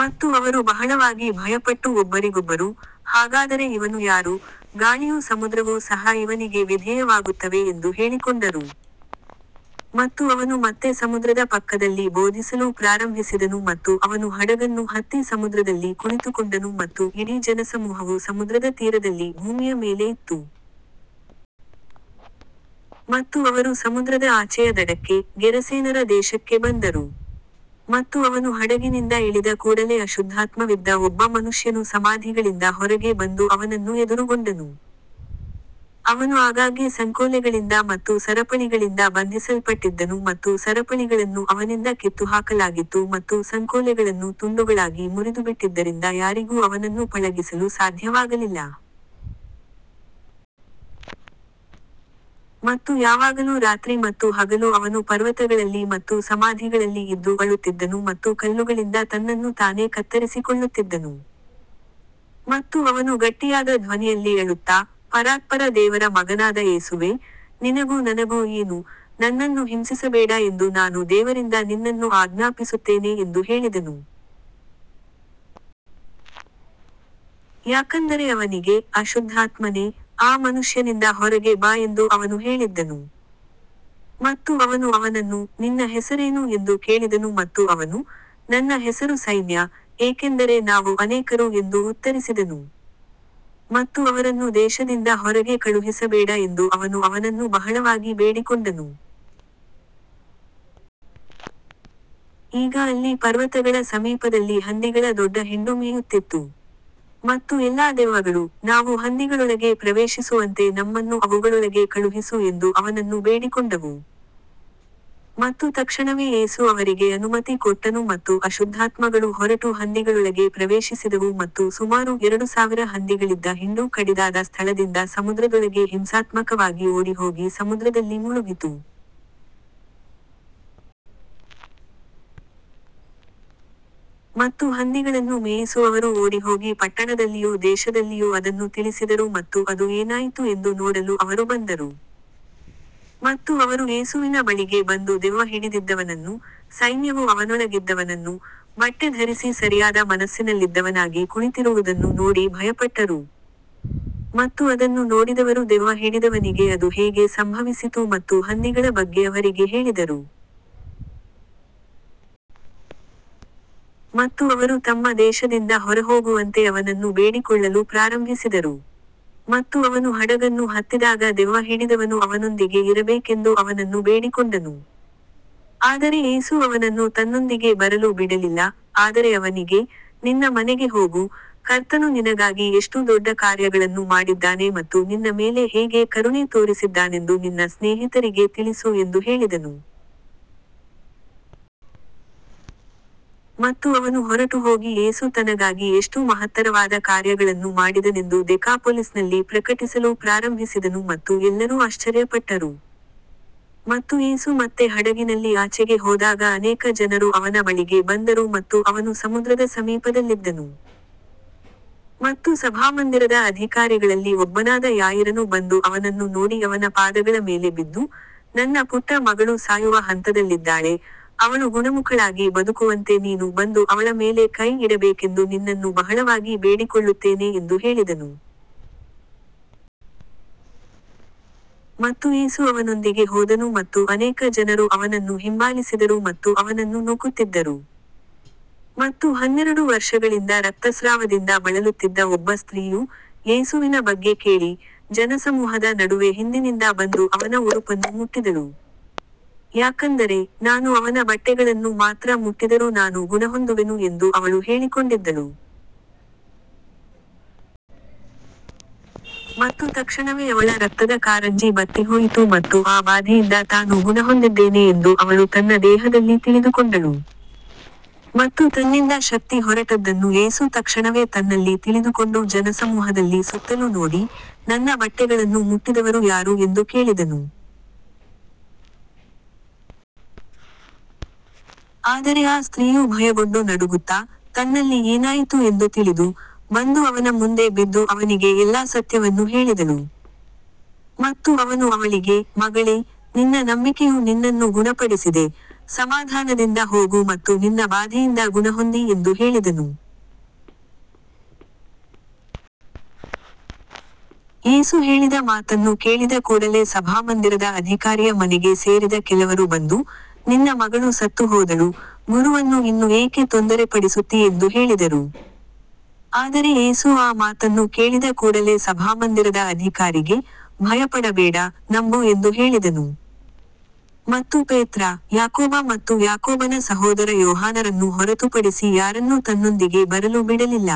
ಮತ್ತು ಅವರು ಬಹಳವಾಗಿ ಭಯಪಟ್ಟು ಒಬ್ಬರಿಗೊಬ್ಬರು, ಹಾಗಾದರೆ ಇವನು ಯಾರು, ಗಾಳಿಯೂ ಸಮುದ್ರವೂ ಸಹ ಇವನಿಗೆ ವಿಧೇಯವಾಗುತ್ತವೆ ಎಂದು ಹೇಳಿಕೊಂಡರು. ಮತ್ತು ಅವನು ಮತ್ತೆ ಸಮುದ್ರದ ಪಕ್ಕದಲ್ಲಿ ಬೋಧಿಸಲು ಪ್ರಾರಂಭಿಸಿದನು ಮತ್ತು ಅವನು ಹಡಗನ್ನು ಹತ್ತಿ ಸಮುದ್ರದಲ್ಲಿ ಕುಳಿತುಕೊಂಡನು ಮತ್ತು ಇಡೀ ಜನಸಮೂಹವು ಸಮುದ್ರದ ತೀರದಲ್ಲಿ ಭೂಮಿಯ ಮೇಲೆ ಇತ್ತು. ಮತ್ತು ಅವರು ಸಮುದ್ರದ ಆಚೆಯ ದಡಕ್ಕೆ, ಗೆರಸೇನರ ದೇಶಕ್ಕೆ ಬಂದರು. ಮತ್ತು ಅವನು ಹಡಗಿನಿಂದ ಇಳಿದ ಕೂಡಲೆ ಅಶುದ್ಧಾತ್ಮವಿದ್ದ ಒಬ್ಬ ಮನುಷ್ಯನು ಸಮಾಧಿಗಳಿಂದ ಹೊರಗೆ ಬಂದು ಅವನನ್ನು ಎದುರುಗೊಂಡನು. ಅವನು ಆಗಾಗ್ಗೆ ಸಂಕೋಲೆಗಳಿಂದ ಮತ್ತು ಸರಪಳಿಗಳಿಂದ ಬಂಧಿಸಲ್ಪಟ್ಟಿದ್ದನು ಮತ್ತು ಸರಪಳಿಗಳನ್ನು ಅವನಿಂದ ಕಿತ್ತುಹಾಕಲಾಗಿತ್ತು ಮತ್ತು ಸಂಕೋಲೆಗಳನ್ನು ತುಂಡುಗಳಾಗಿ ಮುರಿದುಬಿಟ್ಟಿದ್ದರಿಂದ ಯಾರಿಗೂ ಅವನನ್ನು ಪಳಗಿಸಲು ಸಾಧ್ಯವಾಗಲಿಲ್ಲ. ಮತ್ತು ಯಾವಾಗಲೂ ರಾತ್ರಿ ಮತ್ತು ಹಗಲು ಅವನು ಪರ್ವತಗಳಲ್ಲಿ ಮತ್ತು ಸಮಾಧಿಗಳಲ್ಲಿ ಇದ್ದು ಅಳುತ್ತಿದ್ದನು ಮತ್ತು ಕಲ್ಲುಗಳಿಂದ ತನ್ನನ್ನು ತಾನೇ ಕತ್ತರಿಸಿಕೊಳ್ಳುತ್ತಿದ್ದನು. ಮತ್ತು ಅವನು ಗಟ್ಟಿಯಾದ ಧ್ವನಿಯಲ್ಲಿ ಅಳುತ್ತಾ, ಪರಾತ್ಪರ ದೇವರ ಮಗನಾದ ಯೇಸುವೇ, ನಿನಗೂ ನನಗೂ ಏನು, ನನ್ನನ್ನು ಹಿಂಸಿಸಬೇಡ ಎಂದು ನಾನು ದೇವರಿಂದ ನಿನ್ನನ್ನು ಆಜ್ಞಾಪಿಸುತ್ತೇನೆ ಎಂದು ಹೇಳಿದನು. ಯಾಕಂದರೆ ಅವನಿಗೆ, ಅಶುದ್ಧಾತ್ಮನೇ, ಆ ಮನುಷ್ಯನಿಂದ ಹೊರಗೆ ಬಾ ಎಂದು ಅವನು ಹೇಳಿದ್ದನು. ಮತ್ತು ಅವನು ಅವನನ್ನು, ನಿನ್ನ ಹೆಸರೇನು ಎಂದು ಕೇಳಿದನು ಮತ್ತು ಅವನು, ನನ್ನ ಹೆಸರು ಸೈನ್ಯ, ಏಕೆಂದರೆ ನಾವು ಅನೇಕರು ಎಂದು ಉತ್ತರಿಸಿದನು. ಮತ್ತು ಅವರನ್ನು ದೇಶದಿಂದ ಹೊರಗೆ ಕಳುಹಿಸಬೇಡ ಎಂದು ಅವನು ಅವನನ್ನು ಬಹಳವಾಗಿ ಬೇಡಿಕೊಂಡನು. ಈಗ ಅಲ್ಲಿ ಪರ್ವತಗಳ ಸಮೀಪದಲ್ಲಿ ಹಂದಿಗಳ ದೊಡ್ಡ ಹಿಂಡು ಮೇಯುತ್ತಿತ್ತು. ಮತ್ತು ಎಲ್ಲಾ ದೆವ್ವಗಳು, ನಾವು ಹಂದಿಗಳೊಳಗೆ ಪ್ರವೇಶಿಸುವಂತೆ ನಮ್ಮನ್ನು ಅವುಗಳೊಳಗೆ ಕಳುಹಿಸು ಎಂದು ಅವನನ್ನು ಬೇಡಿಕೊಂಡವು. ಮತ್ತು ತಕ್ಷಣವೇ ಯೇಸು ಅವರಿಗೆ ಅನುಮತಿ ಕೊಟ್ಟನು ಮತ್ತು ಅಶುದ್ಧಾತ್ಮಗಳು ಹೊರಟು ಹಂದಿಗಳೊಳಗೆ ಪ್ರವೇಶಿಸಿದವು ಮತ್ತು ಸುಮಾರು ಎರಡು ಸಾವಿರ ಹಂದಿಗಳಿದ್ದ ಹಿಂಡು ಕಡಿದಾದ ಸ್ಥಳದಿಂದ ಸಮುದ್ರದೊಳಗೆ ಹಿಂಸಾತ್ಮಕವಾಗಿ ಓಡಿಹೋಗಿ ಸಮುದ್ರದಲ್ಲಿ ಮುಳುಗಿತು. ಮತ್ತು ಹಂದಿಗಳನ್ನು ಮೇಯಿಸುವವರು ಓಡಿಹೋಗಿ ಪಟ್ಟಣದಲ್ಲಿಯೂ ದೇಶದಲ್ಲಿಯೂ ಅದನ್ನು ತಿಳಿಸಿದರು ಮತ್ತು ಅದು ಏನಾಯಿತು ಎಂದು ನೋಡಲು ಅವರು ಬಂದರು. ಮತ್ತು ಅವರು ಯೇಸುವಿನ ಬಳಿಗೆ ಬಂದು ದೆವ್ವ ಹಿಡಿದಿದ್ದವನನ್ನು, ಸೈನ್ಯವು ಅವನೊಳಗಿದ್ದವನನ್ನು, ಬಟ್ಟೆ ಧರಿಸಿ ಸರಿಯಾದ ಮನಸ್ಸಿನಲ್ಲಿದ್ದವನಾಗಿ ಕುಳಿತಿರುವುದನ್ನು ನೋಡಿ ಭಯಪಟ್ಟರು. ಮತ್ತು ಅದನ್ನು ನೋಡಿದವರು ದೆವ್ವ ಹಿಡಿದವನಿಗೆ ಅದು ಹೇಗೆ ಸಂಭವಿಸಿತು ಮತ್ತು ಹಂದಿಗಳ ಬಗ್ಗೆ ಅವರಿಗೆ ಹೇಳಿದರು. ಮತ್ತು ಅವರು ತಮ್ಮ ದೇಶದಿಂದ ಹೊರಹೋಗುವಂತೆ ಅವನನ್ನು ಬೇಡಿಕೊಳ್ಳಲು ಪ್ರಾರಂಭಿಸಿದರು. ಮತ್ತು ಅವನು ಹಡಗನ್ನು ಹತ್ತಿದಾಗ ದೆವ್ವ ಹಿಡಿದವನು ಅವನೊಂದಿಗೆ ಇರಬೇಕೆಂದು ಅವನನ್ನು ಬೇಡಿಕೊಂಡನು. ಆದರೆ ಯೇಸು ಅವನನ್ನು ತನ್ನೊಂದಿಗೆ ಬರಲು ಬಿಡಲಿಲ್ಲ, ಆದರೆ ಅವನಿಗೆ, ನಿನ್ನ ಮನೆಗೆ ಹೋಗು, ಕರ್ತನು ನಿನಗಾಗಿ ಎಷ್ಟು ದೊಡ್ಡ ಕಾರ್ಯಗಳನ್ನು ಮಾಡಿದ್ದಾನೆ ಮತ್ತು ನಿನ್ನ ಮೇಲೆ ಹೇಗೆ ಕರುಣೆ ತೋರಿಸಿದ್ದಾನೆಂದು ನಿನ್ನ ಸ್ನೇಹಿತರಿಗೆ ತಿಳಿಸು ಎಂದು ಹೇಳಿದನು. ಮತ್ತು ಅವನು ಹೊರಟುಹೋಗಿ ಯೇಸು ತನಗಾಗಿ ಎಷ್ಟು ಮಹತ್ತರವಾದ ಕಾರ್ಯಗಳನ್ನು ಮಾಡಿದನೆಂದು ದೆಕಾಪೊಲಿಸ್‌ನಲ್ಲಿ ಪ್ರಕಟಿಸಲು ಪ್ರಾರಂಭಿಸಿದನು ಮತ್ತು ಎಲ್ಲರೂ ಆಶ್ಚರ್ಯಪಟ್ಟರು. ಮತ್ತು ಯೇಸು ಮತ್ತೆ ಹಡಗಿನಲ್ಲಿ ಆಚೆಗೆ ಹೋದಾಗ ಅನೇಕ ಜನರು ಅವನ ಬಳಿಗೆ ಬಂದರು ಮತ್ತು ಅವನು ಸಮುದ್ರದ ಸಮೀಪದಲ್ಲಿದ್ದನು. ಮತ್ತು ಸಭಾಮಂದಿರದ ಅಧಿಕಾರಿಗಳಲ್ಲಿ ಒಬ್ಬನಾದ ಯಾಯೀರನು ಬಂದು ಅವನನ್ನು ನೋಡಿ ಅವನ ಪಾದಗಳ ಮೇಲೆ ಬಿದ್ದು, ನನ್ನ ಪುಟ್ಟ ಮಗಳು ಸಾಯುವ ಹಂತದಲ್ಲಿದ್ದಾಳೆ, ಅವಳು ಗುಣಮುಖಳಾಗಿ ಬದುಕುವಂತೆ ನೀನು ಬಂದು ಅವಳ ಮೇಲೆ ಕೈ ಇಡಬೇಕೆಂದು ನಿನ್ನನ್ನು ಬಹಳವಾಗಿ ಬೇಡಿಕೊಳ್ಳುತ್ತೇನೆ ಎಂದು ಹೇಳಿದನು. ಮತ್ತು ಯೇಸು ಅವನೊಂದಿಗೆ ಹೋದನು ಮತ್ತು ಅನೇಕ ಜನರು ಅವನನ್ನು ಹಿಂಬಾಲಿಸಿದರು ಮತ್ತು ಅವನನ್ನು ನೂಕುತ್ತಿದ್ದರು. ಮತ್ತು ಹನ್ನೆರಡು ವರ್ಷಗಳಿಂದ ರಕ್ತಸ್ರಾವದಿಂದ ಬಳಲುತ್ತಿದ್ದ ಒಬ್ಬ ಸ್ತ್ರೀಯು, ಯೇಸುವಿನ ಬಗ್ಗೆ ಕೇಳಿ, ಜನಸಮೂಹದ ನಡುವೆ ಹಿಂದಿನಿಂದ ಬಂದು ಅವನ ಉಡುಪನ್ನು ಮುಟ್ಟಿದಳು. ಯಾಕಂದರೆ, ನಾನು ಅವನ ಬಟ್ಟೆಗಳನ್ನು ಮಾತ್ರ ಮುಟ್ಟಿದರೂ ನಾನು ಗುಣಹೊಂದುವೆನು ಎಂದು ಅವಳು ಹೇಳಿಕೊಂಡಿದ್ದಳು. ಮತ್ತು ತಕ್ಷಣವೇ ಅವಳ ರಕ್ತದ ಕಾರಂಜಿ ಬತ್ತಿಹೋಯಿತು ಮತ್ತು ಆ ಬಾಧೆಯಿಂದ ತಾನು ಗುಣಹೊಂದಿದ್ದೇನೆ ಎಂದು ಅವಳು ತನ್ನ ದೇಹದಲ್ಲಿ ತಿಳಿದುಕೊಂಡಳು. ಮತ್ತು ತನ್ನಿಂದ ಶಕ್ತಿ ಹೊರಟದ್ದನ್ನು ಯೇಸು ತಕ್ಷಣವೇ ತನ್ನಲ್ಲಿ ತಿಳಿದುಕೊಂಡು ಜನಸಮೂಹದಲ್ಲಿ ಸುತ್ತಲೂ ನೋಡಿ, ನನ್ನ ಬಟ್ಟೆಗಳನ್ನು ಮುಟ್ಟಿದವರು ಯಾರು ಎಂದು ಕೇಳಿದನು. ಆದರೆ ಆ ಸ್ತ್ರೀಯು ಭಯಗೊಂಡು ನಡುಗುತ್ತಾ, ತನ್ನಲ್ಲಿ ಏನಾಯಿತು ಎಂದು ತಿಳಿದು, ಬಂದು ಅವನ ಮುಂದೆ ಬಿದ್ದು ಅವನಿಗೆ ಎಲ್ಲಾ ಸತ್ಯವನ್ನು ಹೇಳಿದಳು. ಮತ್ತು ಅವನು ಅವಳಿಗೆ, ಮಗಳೇ, ನಿನ್ನ ನಂಬಿಕೆಯು ನಿನ್ನನ್ನು ಗುಣಪಡಿಸಿದೆ, ಸಮಾಧಾನದಿಂದ ಹೋಗು ಮತ್ತು ನಿನ್ನ ಬಾಧೆಯಿಂದ ಗುಣಹೊಂದಿ ಎಂದು ಹೇಳಿದನು. ಯೇಸು ಹೇಳಿದ ಮಾತನ್ನು ಕೇಳಿದ ಕೂಡಲೆ ಸಭಾಮಂದಿರದ ಅಧಿಕಾರಿಯ ಮನೆಗೆ ಸೇರಿದ ಕೆಲವರು ಬಂದು, ನಿನ್ನ ಮಗಳು ಸತ್ತುಹೋದಳು, ಗುರುವನ್ನು ಇನ್ನು ಏಕೆ ತೊಂದರೆಪಡಿಸುತ್ತೀ ಎಂದು ಹೇಳಿದರು. ಆದರೆ ಯೇಸು ಆ ಮಾತನ್ನು ಕೇಳಿದ ಕೂಡಲೆ ಸಭಾಮಂದಿರದ ಅಧಿಕಾರಿಗೆ, ಭಯಪಡಬೇಡ, ನಂಬು ಎಂದು ಹೇಳಿದನು. ಮತ್ತು ಪೇತ್ರ, ಯಾಕೋಬ ಮತ್ತು ಯಾಕೋಬನ ಸಹೋದರ ಯೋಹಾನರನ್ನು ಹೊರತುಪಡಿಸಿ ಯಾರನ್ನೂ ತನ್ನೊಂದಿಗೆ ಬರಲು ಬಿಡಲಿಲ್ಲ.